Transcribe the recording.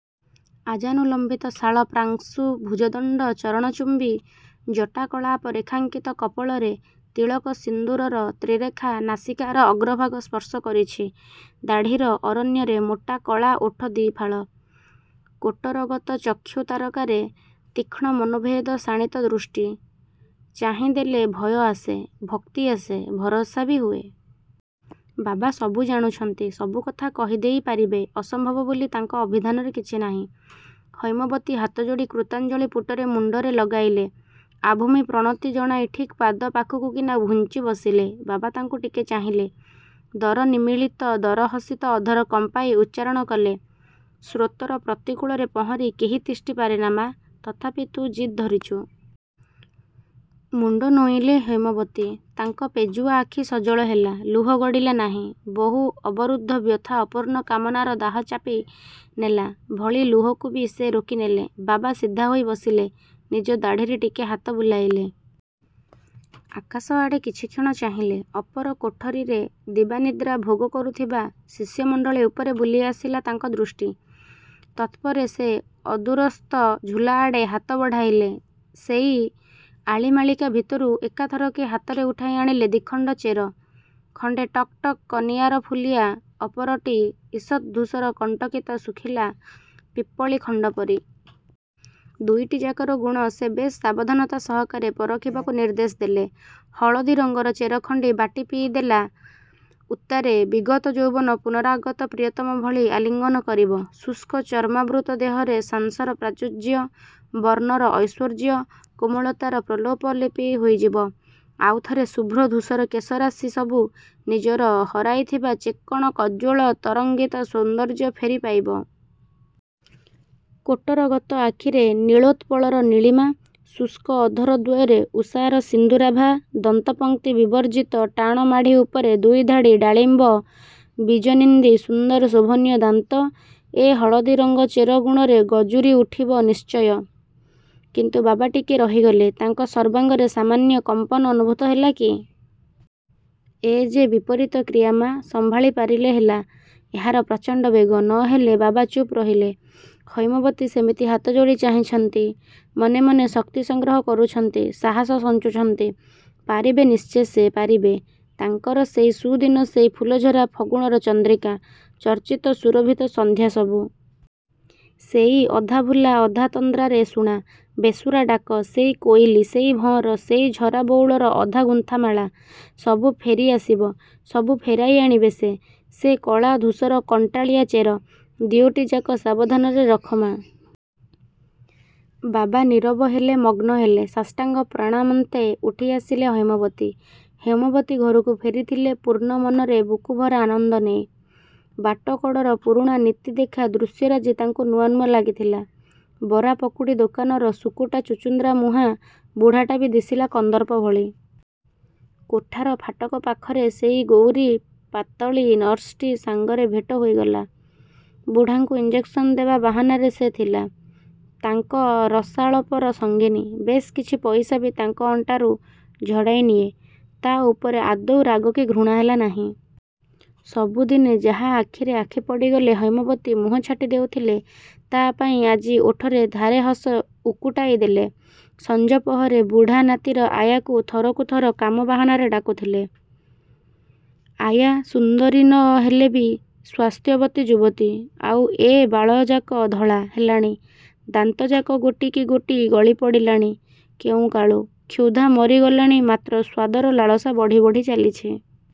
ଆଜାନୁଲମ୍ବିତ ଶାଳ ପ୍ରାଂଶୁ ଭୁଜଦଣ୍ଡ ଚରଣଚୁମ୍ବୀ ଜଟା କଳାପ ରେଖାଙ୍କିତ କପୋଳରେ ତିଳକ-ସିନ୍ଦୂରର ତ୍ରିରେଖା ନାସିକାର ଅଗ୍ରଭାଗ ସ୍ପର୍ଶ କରିଛି। ଦାଢ଼ିର ଅରଣ୍ୟରେ ମୋଟା କଳା ଓଠ ଦି'ଫାଳ। କୋଟରଗତ ଚକ୍ଷୁ ତାରକାରେ ତୀକ୍ଷ୍ଣ ମନୋଭେଦ ଶାଣିତ ଦୃଷ୍ଟି। ଚାହିଁ ଦେଲେ ଭୟ ଆସେ, ଭକ୍ତି ଆସେ, ଭରସା ବି ହୁଏ। ବାବା ସବୁ ଜାଣୁଛନ୍ତି ସବୁକଥା କହିଦେଇ ପାରିବେ। ଅସମ୍ଭବ ବୋଲି ତାଙ୍କ ଅଭିଧାନରେ କିଛି ନାହିଁ। ହୈମବତୀ ହାତଯୋଡ଼ି କୃତାଞ୍ଜଳୀ ପୁଟରେ ମୁଣ୍ଡରେ ଲଗାଇଲେ। ଆଭୂମି ପ୍ରଣତି ଜଣାଇ ଠିକ୍ ପାଦ ପାଖକୁକିନା ଘୁଞ୍ଚି ବସିଲେ। ବାବା ତାଙ୍କୁ ଟିକେ ଚାହିଁଲେ। ଦରନିମୀଳିତ ଦରହସିତ ଅଧର କମ୍ପାଇ ଉଚ୍ଚାରଣ କଲେ ''ସ୍ରୋତର ପ୍ରତିକୂଳରେ ପହଁରି କେହି ତିଷ୍ଠି ପାରେନା ମା' ତଥାପି, ତୁ ଜିଦ୍ ଧରୁଛୁ। '' ମୁଣ୍ଡ ନୋଇଁଲେ ହୈମବତୀ। ତାଙ୍କ ପେଜୁଆ ଆଖି ସଜଳ ହେଲା। ଲୁହ ଗଡ଼ିଲା ନାହିଁ। ବହୁ ଅବରୁଦ୍ଧ ବ୍ୟଥା ଅପୂର୍ଣ୍ଣ କାମନାର ଦାହ ଚାପି ନେଲା ଭଳି ଲୁହକୁ ବି ସେ ରୋକି ନେଲେ। ବାବା ସିଧା ହୋଇ ବସିଲେ। ନିଜ ଦାଢ଼ିରେ ଟିକେ ହାତ ବୁଲାଇଲେ। ଆକାଶଆଡ଼େ କିଛିକ୍ଷଣ ଚାହିଁଲେ। ଅପର କୋଠରିରେ ଦିବାନିଦ୍ରା ଭୋଗ କରୁଥିବା ଶିଷ୍ୟମଣ୍ଡଳୀ ଉପରେ ବୁଲି ଆସିଲା ତାଙ୍କ ଦୃଷ୍ଟି। ତତ୍ପରେ ସେ ଅଦୂରସ୍ଥ ଝୁଲାଆଡ଼େ ହାତ ବଢ଼ାଇଲେ। ସେଇ ଆଳିମାଳିକା ଭିତରୁ ଏକାଥରକେ ହାତରେ ଉଠାଇ ଆଣିଲେ ଦି'ଖଣ୍ଡ ଚେର। ଖଣ୍ଡେ ଟକ୍ ଟକ୍ କନିଆରଫୁଲିଆ ଅପରଟି ଇଷତ୍ ଧୂସର କଣ୍ଟକିତ ଶୁଖିଲା ପିପ୍ପଳୀ ଖଣ୍ଡ ପରି। ଦୁଇଟିଯାକର ଗୁଣ ସେ ବେଶ୍ ସାବଧାନତା ସହକାରେ ପରଖିବାକୁ ନିର୍ଦ୍ଦେଶ ଦେଲେ–ହଳଦୀ ରଙ୍ଗର ଚେରଖଣ୍ଡି ବାଟି ପିଇଦେଲା ଉତ୍ତାରେ ବିଗତ ଯୌବନ ପୁନରାଗତ ପ୍ରିୟତମ ଭଳି ଆଲିଙ୍ଗନ କରିବ। ଶୁଷ୍କ ଚର୍ମାବୃତ ଦେହରେ ସାଂସର ପ୍ରାଚୁର୍ଯ୍ୟ, ବର୍ଣ୍ଣର ଐଶ୍ୱର୍ଯ୍ୟ, କୋମଳତାର ପ୍ରଲୋପ ଲେପି ହୋଇଯିବ। ଆଉଥରେ ଶୁଭ୍ର ଧୂସର କେଶରାଶି ସବୁ, ନିଜର ହରାଇଥିବା ଚିକ୍କଣ କଜ୍ଜ୍ୱଳ ତରଙ୍ଗିତ ସୌନ୍ଦର୍ଯ୍ୟ ଫେରି ପାଇବ। କୋଟରଗତ ଆଖିରେ ନୀଳୋତ୍ପଳର ନୀଳିମା, ଶୁଷ୍କ ଅଧର ଦ୍ୱୟରେ ଉଷାର ସିନ୍ଦୂରାଭା ଦନ୍ତ-ପଙକ୍ତି ବିବର୍ଜିତ ଟାଣ ମାଢ଼ି ଉପରେ ଦୁଇଧାଡ଼ି ଢାଳିମ୍ବ ବୀଜନିନ୍ଦି ସୁନ୍ଦର ଶୋଭନୀୟ ଦାନ୍ତ ଏ ହଳଦୀ ରଙ୍ଗ ଚେର ଗୁଣରେ ଗଜୁରୀ ଉଠିବ ନିଶ୍ଚୟ। କିନ୍ତୁ ବାବା ଟିକେ ରହିଗଲେ। ତାଙ୍କ ସର୍ବାଙ୍ଗରେ ସାମାନ୍ୟ କମ୍ପନ ଅନୁଭୂତ ହେଲା କି? ''ଏ, ଯେ, ବିପରୀତ କ୍ରିୟା ମା! ସମ୍ଭାଳି ପାରିଲେ ହେଲା, ଏହାର ପ୍ରଚଣ୍ଡ ବେଗ। ନ ହେଲେ। '' ବାବା ଚୁପ୍ ରହିଲେ। ହୈମବତୀ ସେମିତି ହାତଯୋଡ଼ି ଚାହିଁଛନ୍ତି। ମନେ ମନେ, ଶକ୍ତି ସଂଗ୍ରହ କରୁଛନ୍ତି। ସାହସ ସଞ୍ଚୁଛନ୍ତି। ପାରିବେ ନିଶ୍ଚେ ସେ ପାରିବେ। ତାଙ୍କର ସେଇ ସୁଦିନ ସେଇ ଫୁଲଝରା ଫଗୁଣର ଚନ୍ଦ୍ରିକା– ଚର୍ଚ୍ଚିତ ସୁରଭିତ ସନ୍ଧ୍ୟା ସବୁ। ସେଇ ଅଧା-ଭୁଲା ଅଧା ତନ୍ଦ୍ରାରେ ଶୁଣା, ବେସୁରା ଡାକ; ସେଇ କୋଇଲି, ସେଇ ଭଅଁର, ସେଇ ଝରା ବଉଳର ଅଧା ଗୁନ୍ଥାମାଳା। ସବୁ ଫେରି ଆସିବ। ସବୁ ଫେରେଇ ଆଣିବେ ସେ। "ସେ କଳା ଧୂସର କଣ୍ଟାଳିଆ ଚେର। ଦିଓଟି ଯାକ ସାବଧାନରେ ରଖ ମା। '' ବାବା ନୀରବ ହେଲେ ମଗ୍ନ ହେଲେ। ସାଷ୍ଟାଙ୍ଗ ପ୍ରଣାମାନ୍ତେ ଉଠି ଆସିଲେ ହୈମବତୀ। ହୈମବତୀ ଘରକୁ ଫେରିଥିଲେ ପୂର୍ଣ୍ଣ ମନରେ ବୁକୁଭରା ଆନନ୍ଦ ନେଇ। ବାଟ କଡ଼ର ପୁରୁଣା ନିତି ଦେଖା ଦୃଶ୍ୟରାଜି ତାଙ୍କୁ ନୂଆ ନୂଆ ଲାଗିଥିଲା। ବରା ପକୁଡ଼ି ଦୋକାନର ଶୁକୁଟା ଚୁଚୁନ୍ଦ୍ରା ମୁହାଁ ବୁଢ଼ାଟା ବି ଦିଶିଲା କନ୍ଦର୍ପ ଭଳି। କୋଠାର ଫାଟକ ପାଖରେ ସେଇ ଗୋରୀ ପାତଳୀ ନର୍ସଟି ସାଙ୍ଗରେ ଭେଟ ହୋଇଗଲା।। ବୁଢ଼ାଙ୍କୁ ଇଞ୍ଜେକ୍ସନ୍ ଦେବା ବାହାନାରେ ସେ ଥିଲା, ତାଙ୍କ ରସାଳପର ସଙ୍ଗିନୀ। ବେଶ୍ କିଛି ପଇସା ବି ତାଙ୍କ ଅଣ୍ଟାରୁ ଝଡ଼ାଇ ନିଏ। ତା' ଉପରେ ଆଦୌ ରାଗ କି ଘୃଣା ହେଲା ନାହିଁ। ସବୁଦିନେ ଯାହା ଆଖିରେ ଆଖି ପଡ଼ିଗଲେ ହୈମବତୀ ମୁହଁଛାଟି ଦେଉଥିଲେ, ତା'ପାଇଁ ଆଜି ଓଠରେ ଧାରେ ହସ ଉକୁଟାଇ ଦେଲେ। ସଞ୍ଜ ପହରେ ବୁଢ଼ା, ନାତିର ଆୟାକୁ ଥରକୁ ଥର କାମ ବାହାନାରେ ଡାକୁଥିଲେ। ଆୟା, ସୁନ୍ଦରୀ ନ ହେଲେ ବି ସ୍ୱାସ୍ଥ୍ୟବତୀ ଯୁବତୀ। ଆଉ, ୟେ– ବାଳଯାକ ଧଳା, ହେଲାଣି, ଦାନ୍ତଯାକ ଗୋଟିକି ଗୋଟି ଗଳି ପଡ଼ିଲାଣି କେଉଁକାଳୁ। କ୍ଷୁଧା ମରି ଗଲାଣି ମାତ୍ର ସ୍ୱାଦର ଲାଳସା ବଢ଼ି ବଢ଼ି ଚାଲିଛି।